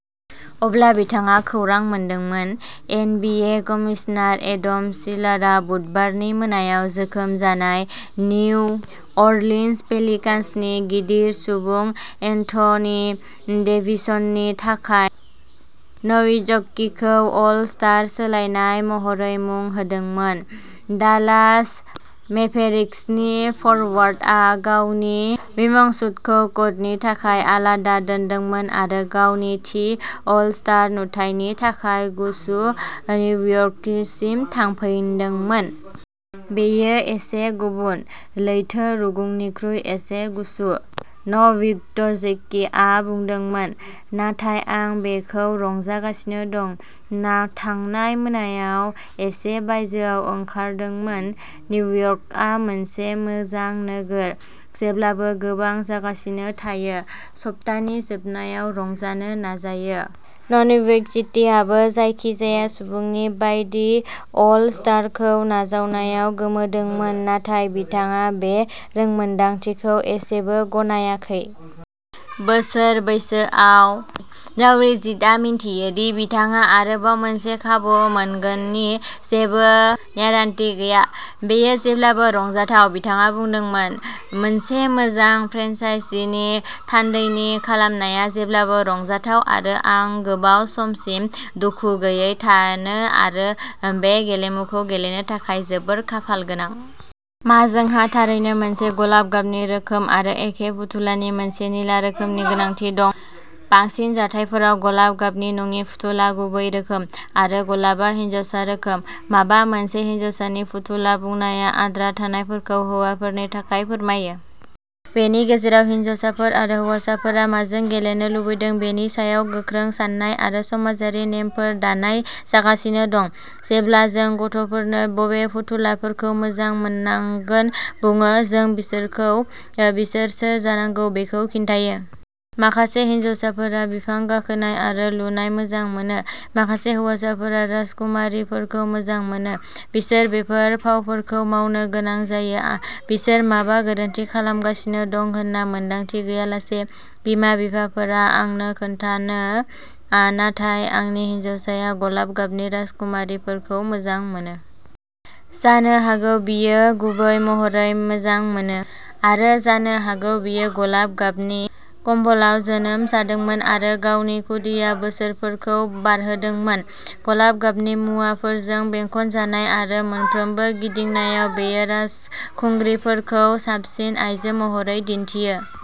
अब्ला बिथाङा खौरां मोनदोंमोन। N. B. A. Commissioner Adam सिल्वारा बुधबारनि मोनायाव जोखोम जानाय निउ अरलिन्स पेलिकान्सनि गिदिर सुबुं एन्थनी डेभिसनि थाखाय न'विट्ज्कीखौ अल-स्टार सोलायनाय महरै मुं होदोंमोन। डालास मेभेरिक्सनि फरवार्डआ गावनि स्विमसूटखौ क'टनि थाखाय आलादा दोनदोंमोन आरो गावनि थि अल-स्टार नुथायनि थाखाय गुसु निउयर्कसिम थांफिनदोंमोन। "बेयो एसे गुबुन, लैथो रुगुंनिख्रुइ एसे गुसु", न'विट्ज्किआ बुंदोंमोन। "नाथाय आं बेखौ रंजागासिनो दं। थांनाय मोनायाव एसे बायजोआव ओंखारदोंमोन। निउयर्कआ मोनसे मोजां नोगोर। जेब्लाबो गोबां जागासिनो थायो। सप्तानि जोबनायाव रंजानो नाजायो। " न'विट्ज्किआबो जायखिजाया सुबुंनि बायदि अल-स्टारखौ नाजावनायाव गोमोदोंमोन, नाथाय बिथाङा बे रोंमोनदांथिखौ एसेबो गनायाखै। बोसोर बैसोआव, न'विट्ज्किआ मिन्थियो दि बिथाङा आरोबाव मोनसे खाबु मोनगोननि जेबो ग्यारान्टि गैया। "बेयो जेब्लाबो रंजाथाव", बिथाङा बुंदोंमोन। "मोनसे मोजां फ्रेन्चाइजीनि थान्दैथि खालामनाया जेब्लाबो रंजाथाव आरो आं गोबाव समसिम दुखु गैयै थानो आरो बे गेलेमुखौ गेलेनो थाखाय जोबोद खाफालगोनां। मा जोंहा थारैनो मोनसे गलाब गाबनि रोखोम आरो एखे फुथुलानि मोनसे निला रोखोमनि गोनांथि दं? बांसिन जाथायफोराव, गलाब गाबनि नङि फुथुला गुबै रोखोम, आरो गलाबआ "हिनजावसा" रोखोम। माबा मोनसे हिनजावसानि फुथुला बुंनाया आद्रा थानायफोरखौ हौवाफोरनि थाखाय फोरमायो। बेनि गेजेराव, हिनजावफोर आरो हौवासाफोरा माजों गेलेनो लुबैदों बेनि सायाव गोख्रों सान्नाय आरो समाजारि नेमफोर दानाय जागासिनो दं। जेब्ला जों गथ'फोरनो बबे फुथुलाफोरखौ मोजां मोननांगोन बुङो, जों बिसोरखौ बिसोर सोर जानांगौ बेखौ खिन्थायो। माखासे हिनजावफोरा बिफां गाखोनाय आरो लुनाय मोजां मोनो। माखासे हौवासाफोरा राजकुमारिफोरखौ मोजां मोनो। बिसोर बेफोर फावफोरखौ मावनो गोनां जायो, बिसोर माबा गोरोन्थि खालामगासिनो दं होन्ना मोन्दांथि गैयालासे। बिमा-बिफाफोरा आंनो खोन्थायो "नाथाय आंनि हिनजावसाया गलाब गाबनि राजकुमारिफोरखौ मोजां मोनो। " जानो हागौ बियो गुबै महरै मोजां मोनो। आरो जानो हागौ बियो गलाब गाबनि कम्बलआव जोनोम जादोंमोन आरो गावनि खुदिया बोसोरफोरखौ बारहोदोंमोन। गलाब गाबनि मुवाफोरजों बेंखनजानाय आरो मोनफ्रोमबो गिदिंनायाव बियो राजखुंग्रिफोरखौ साबसिन आइजो महरै दिन्थियो।